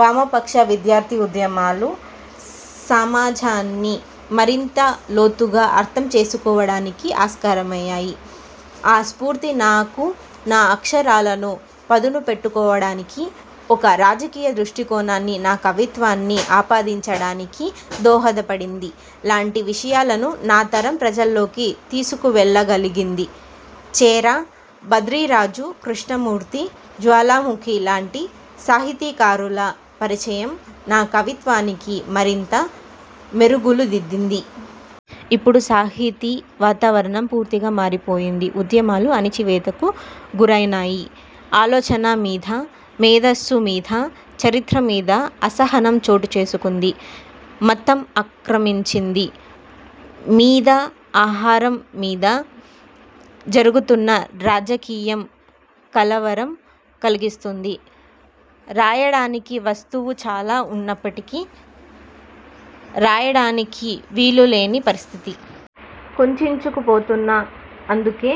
వామపక్ష విద్యార్థి ఉద్యమాలు సమాజాన్ని మరింత లోతుగా అర్థం చేసుకోవడానికి ఆస్కారమయ్యాయి. ఆ స్ఫూర్తి, నాకు నా అక్షరాలను పదునుపెట్టుకోవడానికీ, ఒక రాజకీయ దృష్టికోణాన్ని నా కవిత్వాన్ని ఆపాదించడానికీ దోహదపడింది లాంటి విషయాలను నా తరం ప్రజల్లోకి తీసుకువెళ్ళ గలిగింది. చేరా, భద్రిరాజు కృష్ణమూర్తి, జ్వాలాముఖి లాంటి సాహితీకారుల పరిచయం నా కవిత్వానికి మరింత మెరుగులు దిద్దింది. ఇప్పుడు సాహితీ వాతావరణం పూర్తిగా మారిపోయింది. ఉద్యమాలు అణచివేతకు గురైనాయి. ఆలోచన మీద, మేధస్సు మీద, చరిత్ర మీద అసహనం చోటు చేసుకుంది. మతం ఆక్రమించింది. మీద, ఆహారం మీద జరుగుతున్న రాజకీయం కలవరం కలిగిస్తుంది. రాయడానికి వస్తువు చాలా ఉన్నప్పటికీ, రాయడానికి వీలు లేని పరిస్థితి. కుంచించుకుపోతున్న అందుకే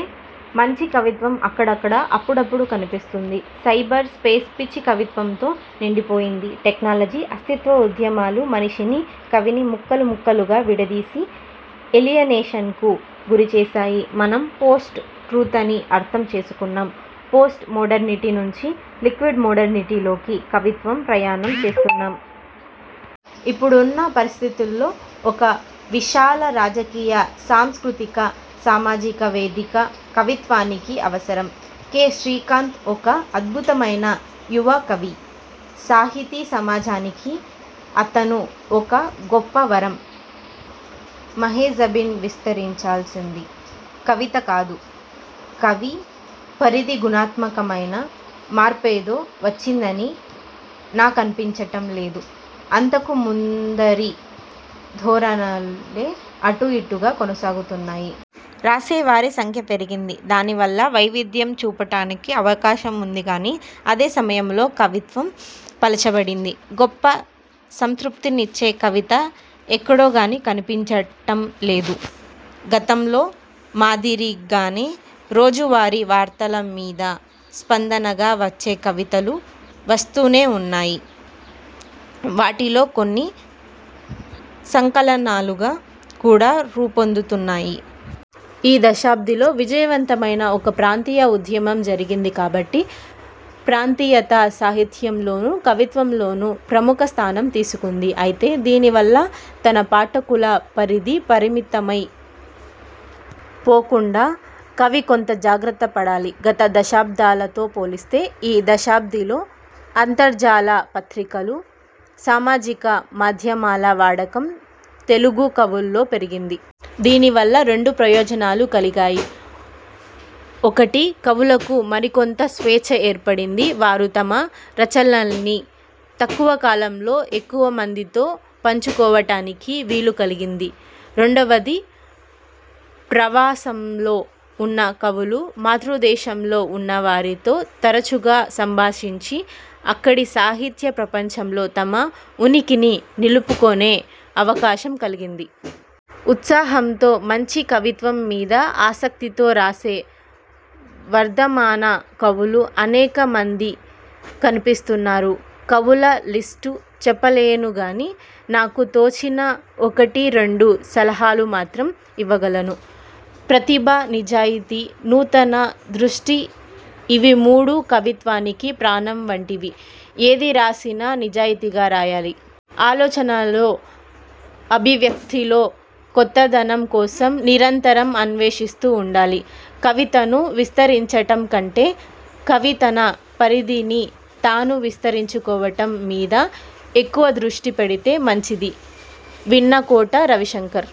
మంచి కవిత్వం అక్కడక్కడ అప్పుడప్పడు కనిపిస్తుంది. సైబర్ స్పేస్ పిచ్చి కవిత్వంతో నిండిపోయింది. టెక్నాలజీ, అస్తిత్వ ఉద్యమాలు మనిషినీ, కవినీ ముక్కలు ముక్కలుగా విడదీసి ఏలియనేషన్కు గురిచేసాయి. మనం పోస్ట్ ట్రూతని అర్థం చేసుకున్నాం. పోస్ట్ మోడర్నిటీ నుండి లిక్విడ్ మోడర్నిటీలోకి కవిత్వ ప్రయాణం చేస్తున్నాం. ఇప్పుడున్న పరిస్థితుల్లో ఒక విశాల రాజకీయ, సాంస్కృతిక, సామాజిక వేదిక కవిత్వానికి అవసరం. కె. శ్రీకాంత్ ఒక అద్భుతమైన యువ కవి. సాహితీ సమాజానికి అతను ఒక గొప్ప వరం. మహెజబీన్విస్తరించాల్సింది కవిత కాదు, కవి పరిధిగుణాత్మకమైన మార్పేదో వచ్చిందని నాకనిపించటం లేదు. అంతకు ముందరి ధోరణులే అటూ ఇటూగా కొనసాగుతున్నాయి. రాసేవారి సంఖ్య పెరిగింది. దానివల్ల వైవిధ్యం చూపించటానికి అవకాశం ఉంది గాని, అదే సమయంలో కవిత్వం పలచబడింది. గొప్ప సంతృప్తినిచ్చే కవిత ఎక్కడోగాని కనిపించటం లేదు. గతంలో మాదిరి గానే, రోజువారీ వార్తల మీద స్పందనగా వచ్చే కవితలు వస్తూనే ఉన్నాయి. వాటిలో కొన్ని సంకలనాలుగా కూడా రూపొందుతున్నాయి. ఈ దశాబ్దిలో విజయవంతమైన ఒక ప్రాంతీయ ఉద్యమం జరిగింది కాబట్టి, ప్రాంతీయత సాహిత్యంలోనూ, కవిత్వంలోనూ ప్రముఖ స్థానం తీసుకుంది. ఐతే, దీనివల్ల తన పాఠకుల పరిధి పరిమితమై పోకుండా కవి కొంత జాగ్రత్త పడాలి. గత దశాబ్దాలతో పోలిస్తే, ఈ దశాబ్దిలో అంతర్జాల పత్రికలు, సామాజిక మాధ్యమాల వాడకం తెలుగు కవుల్లో పెరిగింది. దీనివల్ల రెండు ప్రయోజనాలు కలిగాయి. ఒకటి కవులకు మరికొంత స్వేచ్ఛ ఏర్పడి, వారు తమ రచనల్ని తక్కువ కాలంలో ఎక్కువమందితో పంచుకోవటానికి వీలు కలిగింది. రెండవది, ప్రవాసంలో ఉన్న కవులు మాతృదేశంలో ఉన్నవారితో తరచుగా సంభాషించి అక్కడి సాహిత్య ప్రపంచంలో తమ ఉనికిని నిలుపుకొనే అవకాశం కలిగింది. ఉత్సాహంతో, మంచి కవిత్వం మీద ఆసక్తితో రాసే వర్దమాన కవులు అనేక మంది కనిపిస్తున్నారు. కవుల లిష్టు చెప్పలేనుగాని, నాకు తోచిన ఒకటి రెండు సలహాలు మాత్రం ఇవ్వగలను. ప్రతిభ, నిజాయితీ, నూతన దృష్టి ఇవి మూడూ కవిత్వానికి ప్రాణం వంటివి. ఏది రాసినా నిజాయితీగా రాయాలి. ఆలోచనలో, అభివ్యక్తిలో కొత్తదనం కోసం నిరంతరం అన్వేషిస్తూ ఉండాలి. కవితను విస్తరించటం కంటే, కవి తన పరిధిని తాను విస్తరించుకోవటం మీద ఎక్కువ దృష్టి పెడితే మంచిది. విన్నకోట రవిశంకర్